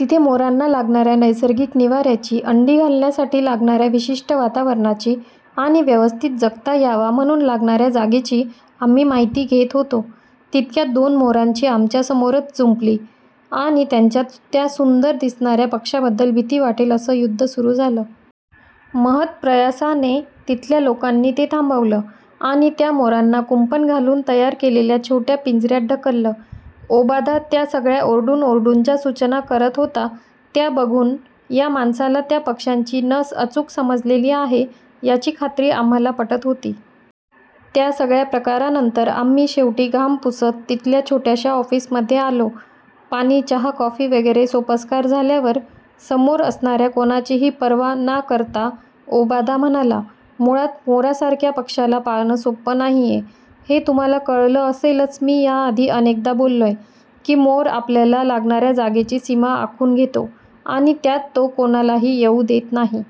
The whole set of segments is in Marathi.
तिथे मोरांना लागणाऱ्या नैसर्गिक निवाऱ्याची, अंडी घालण्यासाठी लागणाऱ्या विशिष्ट वातावरणाची आणि व्यवस्थित जगता यावा म्हणून लागणाऱ्या जागेची आम्ही माहिती घेत होतो. तितक्यात दोन मोरांची आमच्यासमोरच जुंपली आणि त्यांच्यात त्या सुंदर दिसणार्या पक्ष्याबद्दल भीती वाटेल असं युद्ध सुरु झालं. महत्प्रयासाने तिथल्या लोकांनी ते थांबवलं आणि त्या मोरांना कुंपण घालून तयार केलेल्या छोट्या पिंजऱ्यात ढकललं. ओबादा त्या सगळ्या ओरडून ओरडून ज्या सूचना करत होता त्या बघून या माणसाला त्या पक्ष्यांची नस अचूक समजलेली आहे याची खात्री आम्हाला पटत होती. त्या सगळ्या प्रकारानंतर आम्ही शेवटी घाम पुसत तिथल्या छोट्याशा ऑफिसमध्ये आलो. पाणी, चहा-कॉफी वगैरे सोपस्कार झाल्यावर समोर असणाऱ्या कोणाचीही पर्वा ना करता ओबादा म्हणाला, ' मुळात मोरासारख्या पक्ष्याला पाळणं सोपं नाहीये हे तुम्हाला कळलं असेलचमी याआधी अनेकदा बोललोय, की मोर आपल्याला लागणाऱ्या जागेची सीमा आखून घेतो आणि त्यात तो कोणालाही येऊ देत नाही.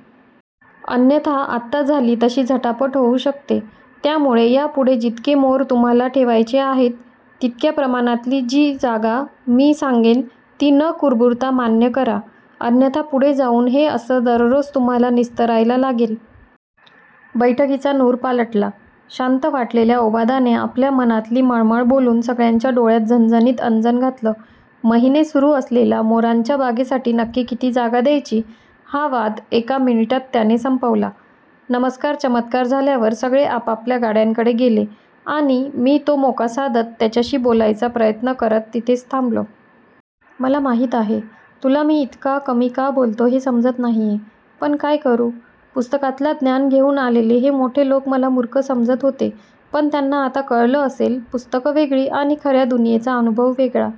अन्यथा आत्ता झाली तशी झटापट होऊ शकते. त्यामुळे यापुढे जितके मोर तुम्हाला ठेवायचे आहेत, तितक्या प्रमाणातली जी जागा मी सांगेन, ती न कुरबुरता मान्य करा, अन्यथा पुढे जाऊन हे 'असं' दररोज तुम्हाला निस्तरायला लागेल! 'बैठकीचा नूर पालटला. शांत वाटलेल्या ओबादाने आपल्या मनातली मळमळ बोलून सगळ्यांच्या डोळ्यात झणझणीत अंजन घातलं. महिने सुरु असलेला ' मोरांच्या बागेसाठी नक्की किती जागा द्यायची? ' हा वाद एका मिनिटात त्याने संपवला. नमस्कार चमत्कार झाल्यावर सगळे आपापल्या गाड्यांकडे गेले आणि मी तो मोका साधत त्याच्याशी बोलायचा प्रयत्न करत तिथेच थांबलो. ' मला माहित आहे, तुला मी इतका कमी का बोलतो हे समजत नाहीये, पण काय करू? पुस्तकातला ज्ञान घेऊन आलेले हे मोठे लोक मला मूर्ख समजत होतेपण त्यांना आता कळलं असेल, पुस्तकं वेगळी आणि खऱ्या दुनियेचा अनुभव वेगळा.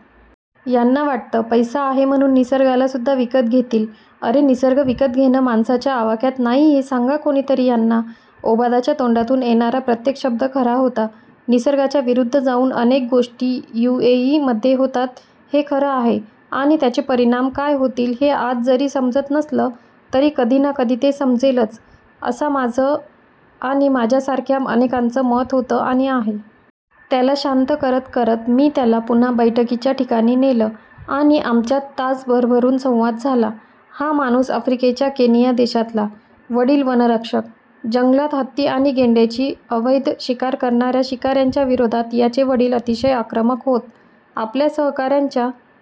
यांना वाटतं, पैसा आहे म्हणून निसर्गाला सुद्धा विकत घेतीलअरे, निसर्ग विकत घेणं माणसाच्या आवाक्यात नाहीयेसांगा कोणीतरी यांना'ओबादाच्या तोंडातून येणारा प्रत्येक शब्द खरा होता. निसर्गाच्या विरुद्ध जाऊन अनेक गोष्टी यूएई मध्ये होतात, हे खरं आहे आणि त्याचे परिणाम काय होतील, हे आज जरी समजत नसलं तरी कधी ना कधी ते समजेलच, असा माझं आणि माझ्यासारख्या अनेकांचा मत होतं आणि आहे. त्याला शांत करत करत मी त्याला पुन्हा बैठकीच्या ठिकाणी नेलं आणि आमच्यात तास भरभरून संवाद झाला. हा माणूस आफ्रिकेच्या केनिया देशातला. वडील वनरक्षक. जंगलात हत्ती आणि गेंड्यांची अवैध शिकार करणाऱ्या शिकाऱ्यांच्या विरोधात याचे वडील अतिशय आक्रमक होत. आपल्या सहकाऱ्यांच्या